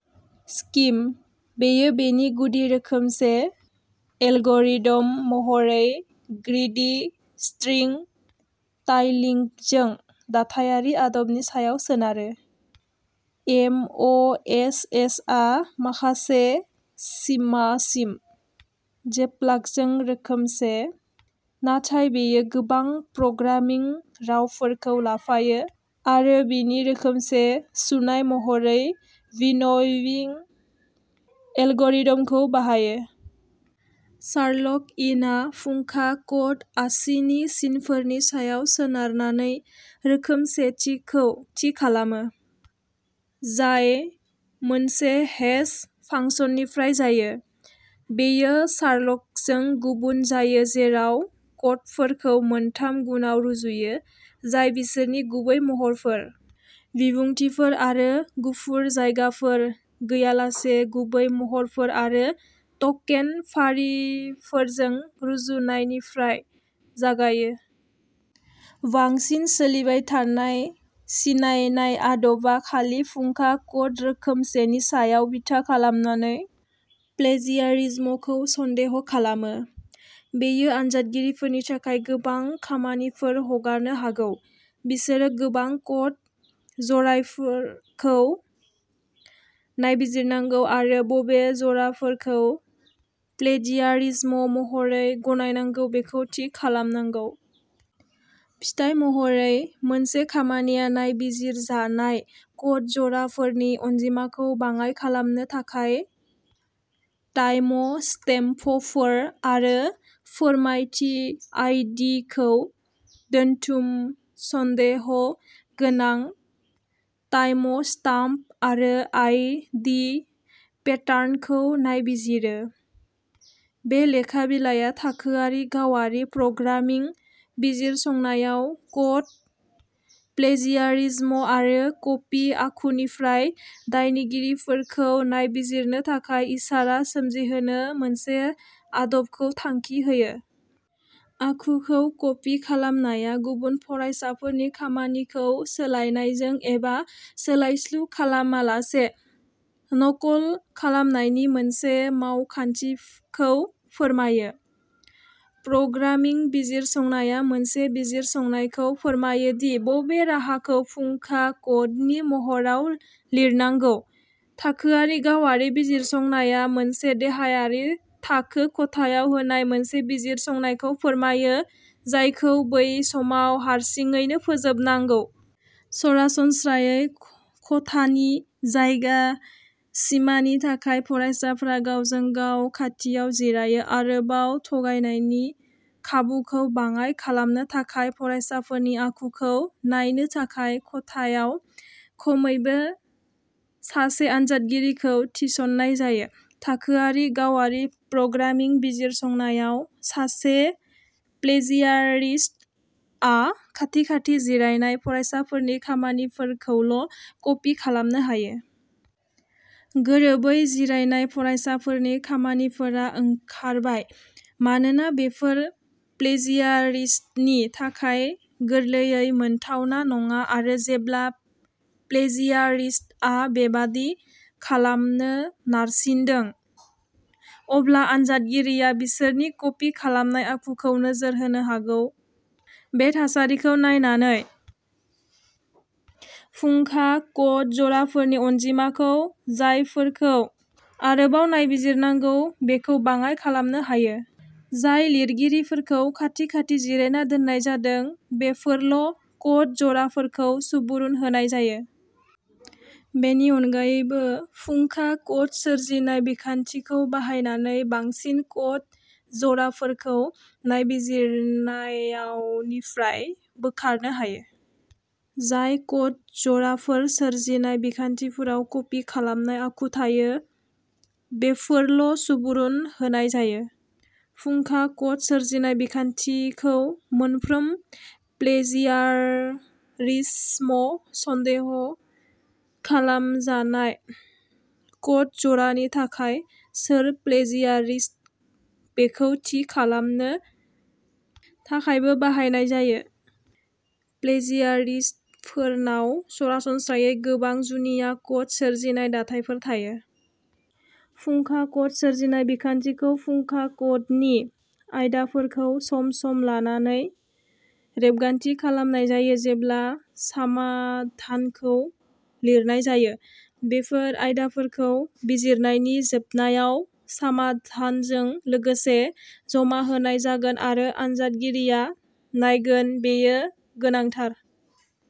Scheme, बेयो बेनि गुदि रोखोमसे एलगरिद'म महरै ग्रीडी-स्ट्रिं-टाइलिंगजों दाथायारि आदबनि सायाव सोनारो। एम अ एस एसआ माखासे सिमासिम, जेप्लागजों रोखोमसे, नाथाय बेयो गोबां प्रग्रामिं रावफोरखौ लाफायो आरो बिनि रोखोमसे सुनाय महरै विन'विं एलगरिद'मखौ बाहायो। शार्लक इनआ फुंखा क'ड आसिनि सिनफोरनि सायाव सोनारनानै रोखोमसेथिखौ थि खालामो, जाय मोनसे हेश फांसननिफ्राय जायो। बेयो शार्लकजों गुबुन जायो जेराव क'डफोरखौ मोनथाम गुनआव रुजुयो, जाय बिसोरनि गुबै महरफोर, बिबुंथिफोर आरो गुफुर जायगाफोर गैयालासे गुबै महरफोर आरो टकेन फारिफोरजों रुजुननायनिफ्राय जागायो। बांसिन सोलिबाय थानाय सिनायनाय आदबा खालि फुंखा क'ड रोखोमसेनि सायाव बिथा खालामनानै प्लेजियारिज्मखौ सन्देह खालामो। बेयो आनजादगिरिफोरनि थाखाय गोबां खामानिफोर हगारनो हागौ; बिसोरो गोबां क'ड जरायफोरखौ नायबिजिरनांगौ आरो बबे जराफोरखौ प्लेजियारिज्म महरै गनायनांगौ बेखौ थि खालामनांगौ। फिथाय महरै, मोनसे खामानिया नायबिजिरजानाय क'ड जराफोरनि अनजिमाखौ बाङाइ खालामनो थाखाय टाइमस्टेम्पफोर आरो फोरमानथि आइ डि खौ दोनथुम सन्देह' गोनां टाइमस्टाम्प आरो आइ डि पेटार्नखौ नायबिजिरो। बे लेखा बिलाइआ थाखोआरि गावारि प्रग्रामिं बिजिरसंनायाव क'ड प्लेजियारिज्म आरो क'पि आखुनिफ्राय दायनिगिरिफोरखौ नायबिजिरनो थाखाय इसारा सोमजिहोनो मोनसे आदबखौ थांखि होयो। आखुखौ क'पि खालामनाया गुबुन फरायसाफोरनि खामानिखौ सोलायनायजों एबा सोलायस्लु खालामालासे नकल खालामनायनि मोनसे मावखान्थिखौ फोरमायो। प्रग्रामिं बिजिरसंनाया मोनसे बिजिरसंनायखौ फोरमायो दि बबे राहाखौ फुंखा क'डनि महराव लिरनांगौ। थाखोआरि गावारि बिजिरसंनाया मोनसे देहायारि थाखो खथायाव होनाय मोनसे बिजिरसंनायखौ फोरमायो, जायखौ बै समाव हारसिङैनो फोजोबनांगौ। सरासनस्रायै, खथानि जायगा सिमानि थाखाय फरायसाफ्रा गावजों-गाव खाथियाव जिरायो। आरोबाव, थगायनायनि खाबुखौ बाङाइ खालामनो थाखाय, फरायसाफोरनि आखुखौ नायनो थाखाय खथायाव खमैबो सासे आनजादगिरिखौ थिसननाय जायो। थाखोआरि गावारि प्रग्रामिं बिजिरसंनायाव, सासे प्लेजियारिस्ट आ खाथि-खाथि जिरायनाय फरायसाफोरनि खामानिफोरखौल' क'पि खालामनो हायो। गोरोबै जिरायनाय फरायसाफोरनि खामानिफोरा ओंखारबाय। मानोना बेफोर प्लेजियारिस्तनि थाखाय गोरलैयै मोनथावना नङा आरो जेब्ला प्लेजियारिस्तआ बेबादि खालामनो नारसिनदों, अब्ला आनजादगिरिया बिसोरनि कपि खालामनाय आखुखौ नोजोर होनो हागौ। बे थासारिखौ नायनानै, फुंखा क'ड जराफोरनि अनजिमाखौ जायफोरखौ आरोबाव नायबिजिरनांगौ बेखौ बाङाइ खालामनो हायो; जाय लिरगिरिफोरखौ खाथि-खाथि जिरायना दोननाय जादों बेफोरल' क'ड जराफोरखौ सुबुरुन होनाय जायो। बेनि अनगायैबो, फुंखा क'ड सोरजिनाय बिखान्थिखौ बाहायनानै, बांसिन क'ड जराफोरखौ नायबिजिरनायावनिफ्राय बोखारनो हायो; जाय क'ड जराफोर सोरजिनाय बिखान्थिफोराव कपि खालामनाय आखु थायो बेफोरल'सुबुरुन होनाय जायो। फुंखा क'ड सोरजिनाय बिखान्थिखौ मोनफ्रोम प्लेजियारिस्म सन्देह खालामजानाय क'ड जरानि थाखाय सोर प्लेजियारिस्ट बेखौ थि खालामनो थाखायबो बाहायनो हायो; प्लेजियारिस्टफोरनाव सरासनस्रायै गोबां जुनिया क'ड सोरजिनाय दाथायफोर थायो। फुंखा क'ड सोरजिनाय बिखान्थिखौ फुंखा क'डनि आयदाफोरखौ सम-सम लानानै रेबगान्थि खालामनाय जायो जेब्ला समाधानखौ लिरनाय जायो। बेफोर आयदाफोरखौ बिजिरनायनि जोबनायाव, समाधानजों लोगोसे जमा होनाय जागोन आरो आनजादगिरिआ नायगोन बेयो गोनांथार।